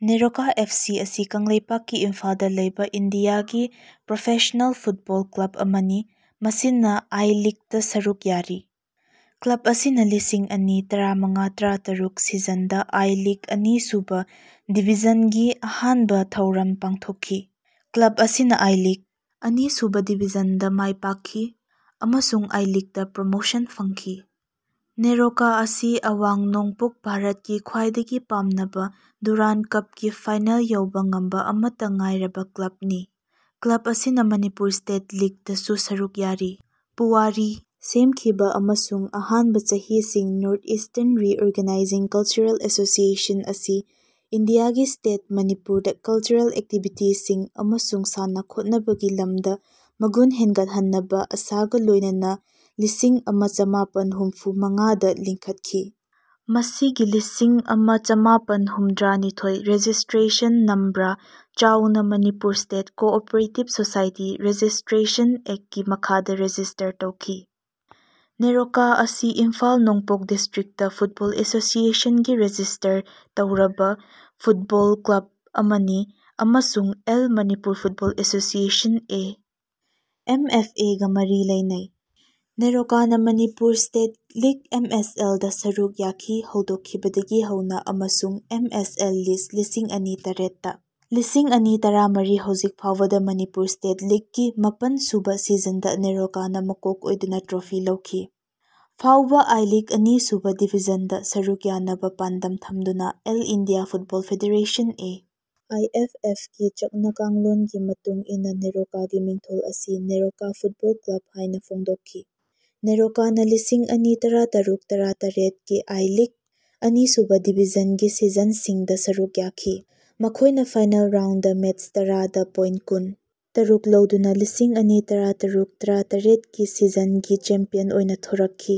NEROCA FC ꯑꯁꯤ ꯀꯪꯂꯩꯄꯥꯛꯀꯤ ꯏꯝꯐꯥꯜꯗ ꯂꯩꯕꯥ ꯏꯟꯗꯤꯌꯥꯒꯤ ꯄ꯭ꯔꯣꯐꯦꯁꯅꯦꯜ ꯐꯨꯠꯕꯣꯜ ꯀ꯭ꯂꯕ ꯑꯃꯅꯤ ꯃꯁꯤꯅꯥ ꯑꯥꯏ ꯂꯤꯒꯇꯥ ꯁꯔꯨꯛ ꯌꯥꯔꯤ꯫ ꯀ꯭ꯂꯕ ꯑꯁꯤꯅꯥ ꯂꯤꯁꯤꯡ ꯑꯅꯤ ꯇꯔꯥꯃꯉꯥ ꯇꯔꯥꯇꯔꯨꯛ ꯁꯤꯖꯟꯗꯥ ꯑꯥꯏ ꯂꯤꯒ ꯑꯅꯤꯁꯨꯕꯥ ꯗꯤꯕꯤꯖꯟꯒꯤ ꯑꯍꯥꯟꯕ ꯊꯧꯔꯝ ꯄꯥꯡꯊꯣꯛꯈꯤ꯫ ꯀ꯭ꯂꯕ ꯑꯁꯤꯅꯥ ꯑꯥꯏ-ꯂꯤꯒ ꯑꯅꯤ ꯁꯨꯕꯥ ꯗꯤꯕꯤꯖꯟꯗꯥ ꯃꯥꯏ ꯄꯥꯛꯈꯤ ꯑꯃꯁꯨꯡ ꯑꯥꯏ ꯂꯤꯒꯇꯥ ꯄ꯭ꯔꯣꯃꯣꯁꯟ ꯐꯪꯈꯤ꯫ ꯅꯦꯔꯣꯀꯥ ꯑꯁꯤ ꯑꯋꯥꯡ ꯅꯣꯡꯄꯣꯛ ꯚꯥꯔꯠꯀꯤ ꯈ꯭ꯋꯥꯏꯗꯒꯤ ꯄꯥꯝꯅꯕ ꯗꯨꯔꯟ ꯀꯞꯀꯤ ꯐꯥꯏꯅꯦꯜ ꯌꯧꯕ ꯉꯝꯕ ꯑꯃꯠꯇꯥ ꯉꯥꯏꯔꯕꯥ ꯀ꯭ꯂꯕꯅꯤ꯫ ꯀ꯭ꯂꯕ ꯑꯁꯤꯅꯥ ꯃꯅꯤꯄꯨꯔ ꯁ꯭ꯇꯦꯠ ꯂꯤꯒꯗꯁꯨ ꯁꯔꯨꯛ ꯌꯥꯔꯤ꯫ ꯄꯨꯋꯥꯔꯤ ꯁꯦꯝꯈꯤꯕ ꯑꯃꯁꯨꯡ ꯑꯍꯥꯟꯕ ꯆꯍꯤꯁꯤꯡ north eastern reorganising cultural association ꯑꯁꯤ ꯏꯟꯗꯤꯌꯥꯒꯤ ꯁ꯭ꯇꯦꯠ ꯃꯅꯤꯄꯨꯔꯗ ꯀꯜꯆꯔꯦꯜ ꯑꯦꯛꯇꯤꯕꯤꯇꯤꯁꯤꯡ ꯑꯃꯁꯨꯡ ꯁꯥꯟꯅ ꯈꯣꯠꯅꯕꯒꯤ ꯂꯝꯗꯥ ꯃꯒꯨꯟ ꯍꯦꯟꯒꯠꯍꯟꯅꯕ ꯑꯥꯁꯥꯒꯥ ꯂꯣꯏꯅꯅꯥ ꯂꯤꯁꯤꯡ ꯑꯃ ꯆꯃꯥꯄꯟ ꯍꯨꯝꯐꯨ ꯃꯉꯥꯗ ꯂꯤꯡꯈꯠꯈꯤ꯫ ꯃꯁꯤ ꯂꯤꯁꯤꯡ ꯑꯃ ꯆꯃꯥꯄꯟ ꯍꯨꯝꯗ꯭ꯔꯥꯅꯤꯊꯣꯏꯒꯤ ꯔꯦꯖꯤꯁꯇ꯭ꯔꯦꯁꯟ ꯅꯝꯕꯔ ꯌꯥꯎꯕ Manipur state cooperative society registration ꯑꯦꯛꯀꯤ ꯃꯈꯥꯗ ꯔꯦꯖꯤꯁ꯭ꯇꯔ ꯇꯧꯈꯤ꯫ ꯅꯦꯔꯣꯀꯥ ꯑꯁꯤ ꯏꯝꯐꯥꯜ ꯅꯣꯡꯄꯣꯛ ꯗꯤꯁ꯭ꯇꯔꯤꯛꯇ ꯐꯨꯠꯕꯣꯜ ꯑꯦꯁꯣꯁꯤꯑꯦꯁꯟꯒꯤ ꯔꯦꯖꯤꯁ꯭ꯇꯔ ꯇꯧꯔꯕ ꯐꯨꯠꯕꯣꯜ ꯀ꯭ꯂꯕ ꯑꯃꯅꯤ ꯑꯃꯁꯨꯡ all Manipur football association A. M. F. ꯑꯦ.ꯒꯥ ꯃꯔꯤ ꯂꯩꯅꯩ꯫ ꯅꯦꯔꯣꯀꯥꯅꯥ Manipur state league M. S. ꯑꯦꯜ.ꯗꯥ ꯁꯔꯨꯛ ꯌꯥꯈꯤ ꯍꯧꯗꯣꯛꯈꯤꯕꯗꯒꯤ ꯍꯧꯅꯥ ꯑꯃꯁꯨꯡ ꯑꯦꯝ. ꯑꯦꯁ. ꯑꯦꯜ. ꯂꯤꯁ ꯂꯤꯁꯤꯡ ꯑꯅꯤ ꯇꯔꯦꯠꯇ꯫ ꯂꯤꯁꯤꯡ ꯑꯅꯤ ꯇꯔꯥꯃꯔꯤ ꯍꯧꯖꯤꯛ ꯐꯥꯎꯕꯗ ꯃꯅꯤꯄꯨꯔ ꯁ꯭ꯇꯦꯠ ꯂꯤꯒ ꯒꯤ ꯃꯥꯄꯟ ꯁꯨꯕ ꯁꯤꯖꯟꯗꯥ ꯅꯦꯔꯣꯀꯥꯅꯥ ꯃꯀꯣꯛ ꯑꯣꯏꯗꯨꯅ ꯇ꯭ꯔꯣꯐꯤ ꯂꯧꯈꯤ꯫ ꯐꯥꯎꯕ ꯑꯥꯏ ꯂꯤꯒ ꯑꯅꯤꯁꯨꯕ ꯗꯤꯕꯤꯖꯟꯗ ꯁꯔꯨꯛ ꯌꯥꯅꯕ ꯄꯥꯟꯗꯝ ꯊꯝꯗꯨꯅꯥ all India football federation A. I. F. ꯑꯦꯐ.ꯒꯤ ꯆꯠꯅꯀꯥꯡꯂꯣꯟꯁꯤꯡꯒꯤ ꯃꯇꯨꯡ ꯏꯟꯅꯥ ꯅꯦꯔꯣꯀꯥꯒꯤ ꯃꯤꯡꯊꯣꯜ ꯑꯁꯤ ꯅꯦꯔꯣꯀꯥ ꯐꯨꯠꯕꯣꯜ ꯀ꯭ꯂꯕ ꯍꯥꯏꯅ ꯍꯣꯡꯗꯣꯛꯈꯤ꯫ ꯅꯦꯔꯣꯀꯥꯅꯥ ꯂꯤꯁꯤꯡ ꯑꯅꯤ ꯇꯔꯥꯇꯔꯨꯛ ꯇꯔꯥ ꯇꯔꯦꯠꯀꯤ ꯑꯥꯏ-ꯂꯤꯒ ꯑꯅꯤꯁꯨꯕ ꯗꯤꯕꯤꯖꯟꯒꯤ ꯁꯤꯖꯟꯁꯤꯡꯗ ꯁꯔꯨꯛ ꯌꯥꯈꯤ꯫ ꯃꯈꯣꯏꯅꯥ ꯐꯥꯏꯅꯦꯜ ꯔꯥꯎꯟꯗꯒꯤ ꯃꯦꯆ ꯇꯔꯥꯗ ꯄꯣꯏꯟꯇ ꯀꯨꯟ ꯇꯔꯨꯛ ꯂꯧꯗꯨꯅꯥ ꯂꯤꯁꯤꯡ ꯑꯅꯤ ꯇꯔꯥꯇꯔꯨꯛ ꯇꯔꯥ ꯇꯔꯦꯠꯀꯤ ꯁꯤꯖꯟꯒꯤ ꯆꯦꯝꯄꯤꯌꯟ ꯑꯣꯏꯅꯥ ꯊꯣꯔꯛꯈꯤ꯫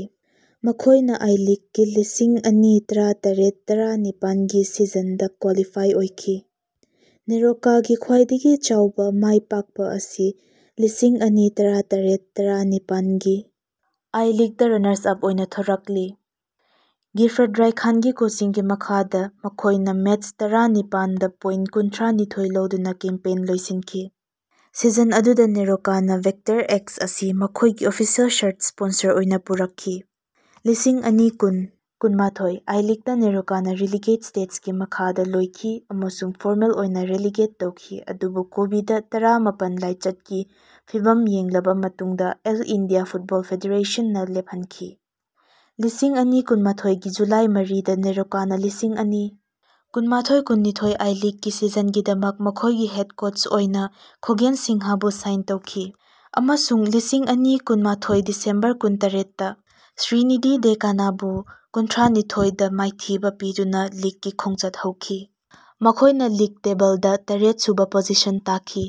ꯃꯈꯣꯏꯅꯥ ꯑꯥꯏ ꯂꯤꯒꯀꯤ ꯂꯤꯁꯤꯡ ꯑꯅꯤ ꯇꯔꯥꯇꯔꯦꯠ ꯇꯔꯥ ꯅꯤꯄꯥꯟꯒꯤ ꯁꯤꯖꯟꯗꯥ ꯀ꯭ꯋꯥꯂꯤꯐꯥꯏ ꯑꯣꯏꯈꯤ꯫ ꯅꯦꯔꯣꯀꯥꯒꯤ ꯈ꯭ꯋꯥꯏꯗꯒꯤ ꯆꯥꯎꯕ ꯃꯥꯏꯄꯥꯀꯄꯥ ꯑꯁꯤ ꯂꯤꯁꯤꯡ ꯑꯅꯤ ꯇꯔꯥꯇꯔꯦꯠ ꯇꯔꯥ ꯅꯤꯄꯥꯟ ꯒꯤ ꯑꯥꯏ ꯂꯤꯒꯇꯥ ꯔꯅꯥꯔꯁ ꯑꯞ ꯑꯣꯏꯅꯥ ꯊꯣꯔꯛꯂꯤ꯫ ꯒꯤꯐ꯭ꯇ ꯔꯥꯏꯈꯥꯟꯒꯤ ꯀꯣꯆꯤꯡꯒꯤ ꯃꯈꯥꯗꯥ ꯃꯈꯣꯏꯅ ꯃꯦꯆ ꯇꯔꯥꯅꯤꯄꯥꯟꯗꯥ ꯄꯣꯏꯟꯇ ꯀꯨꯟꯊ꯭ꯔꯥꯅꯤꯊꯣꯏ ꯂꯧꯗꯨꯅꯥ ꯀꯦꯝꯄꯦꯟ ꯂꯣꯏꯁꯤꯟꯈꯤ꯫ ꯁꯤꯖꯟ ꯑꯗꯨꯗ ꯅꯦꯔꯣꯀꯥꯅꯥ ꯚꯦꯛꯇꯔ ꯑꯦꯛꯁ ꯑꯁꯤ ꯃꯈꯣꯏꯒꯤ ꯑꯣꯐꯤꯁꯤꯑꯦꯜ ꯁꯔꯠ ꯁ꯭ꯄꯣꯟꯁꯔ ꯑꯣꯏꯅꯥ ꯄꯨꯔꯛꯈꯤ꯫ ꯂꯤꯁꯤꯡ ꯑꯅꯤ ꯀꯨꯟ ꯀꯨꯟꯃꯥꯊꯣꯏ ꯑꯥꯏ-ꯂꯤꯒꯇꯥ ꯅꯦꯔꯣꯀꯥꯅꯥ ꯔꯤꯂꯤꯒꯦꯁꯟ ꯁ꯭ꯇꯦꯖꯒꯤ ꯃꯈꯥꯗꯥ ꯂꯣꯏꯈꯤ ꯑꯃꯁꯨꯡ ꯐꯣꯔꯃꯦꯜ ꯑꯣꯏꯅꯥ ꯔꯦꯂꯤꯒꯦꯠ ꯇꯧꯈꯤ ꯑꯗꯨꯕꯨ ꯀꯣꯕꯤꯗ ꯇꯔꯥꯃꯥꯄꯟ ꯂꯥꯏꯆꯠꯀꯤ ꯐꯤꯚꯝ ꯌꯦꯡꯂꯕ ꯃꯇꯨꯡꯗ ꯑꯣꯜ ꯏꯟꯗꯤꯌꯥ ꯐꯨꯠꯕꯣꯜ ꯐꯦꯗꯦꯔꯦꯁꯟ ꯅ ꯂꯦꯞꯍꯟꯈꯤ꯫ ꯂꯤꯁꯤꯡ ꯑꯅꯤ ꯀꯨꯟꯃꯥꯊꯣꯏꯒꯤ ꯖꯨꯂꯥꯏ ꯃꯔꯤꯗꯥ ꯅꯦꯔꯣꯀꯥꯅꯥ ꯂꯤꯁꯤꯡ ꯑꯅꯤ ꯀꯨꯟꯃꯥꯊꯣꯏ ꯀꯨꯟꯅꯤꯊꯣꯏ ꯑꯥꯏ ꯂꯤꯒꯀꯤ ꯁꯤꯖꯟꯒꯤꯗꯃꯛ ꯃꯈꯣꯏꯒꯤ ꯍꯦꯗ ꯀꯣꯆ ꯑꯣꯏꯅꯥ ꯈꯣꯒꯦꯟ ꯁꯤꯡꯍꯕꯨ ꯁꯥꯏꯟ ꯇꯧꯈꯤ ꯑꯃꯁꯨꯡ ꯂꯤꯁꯤꯡ ꯑꯅꯤ ꯀꯨꯟꯃꯥꯊꯣꯏ ꯗꯤꯁꯦꯝꯕꯔ ꯀꯨꯟ ꯇꯔꯦꯠꯇꯥ ꯁ꯭ꯔꯤꯅꯤꯗꯤ ꯗꯦꯛꯀꯥꯅꯕꯨ ꯀꯨꯟꯊ꯭ꯔꯥꯅꯤꯊꯣꯏꯗꯥ ꯃꯥꯏꯊꯤꯕ ꯄꯤꯗꯨꯅꯥ ꯂꯤꯒꯀꯤ ꯈꯣꯡꯆꯠ ꯑꯁꯤ ꯍꯧꯈꯤ꯫ ꯃꯈꯣꯏꯅꯥ ꯂꯤꯒ ꯇꯦꯕꯜꯗꯥ ꯇꯔꯦꯠ ꯁꯨꯕ ꯄꯣꯖꯤꯁꯟ ꯇꯥꯈꯤ꯫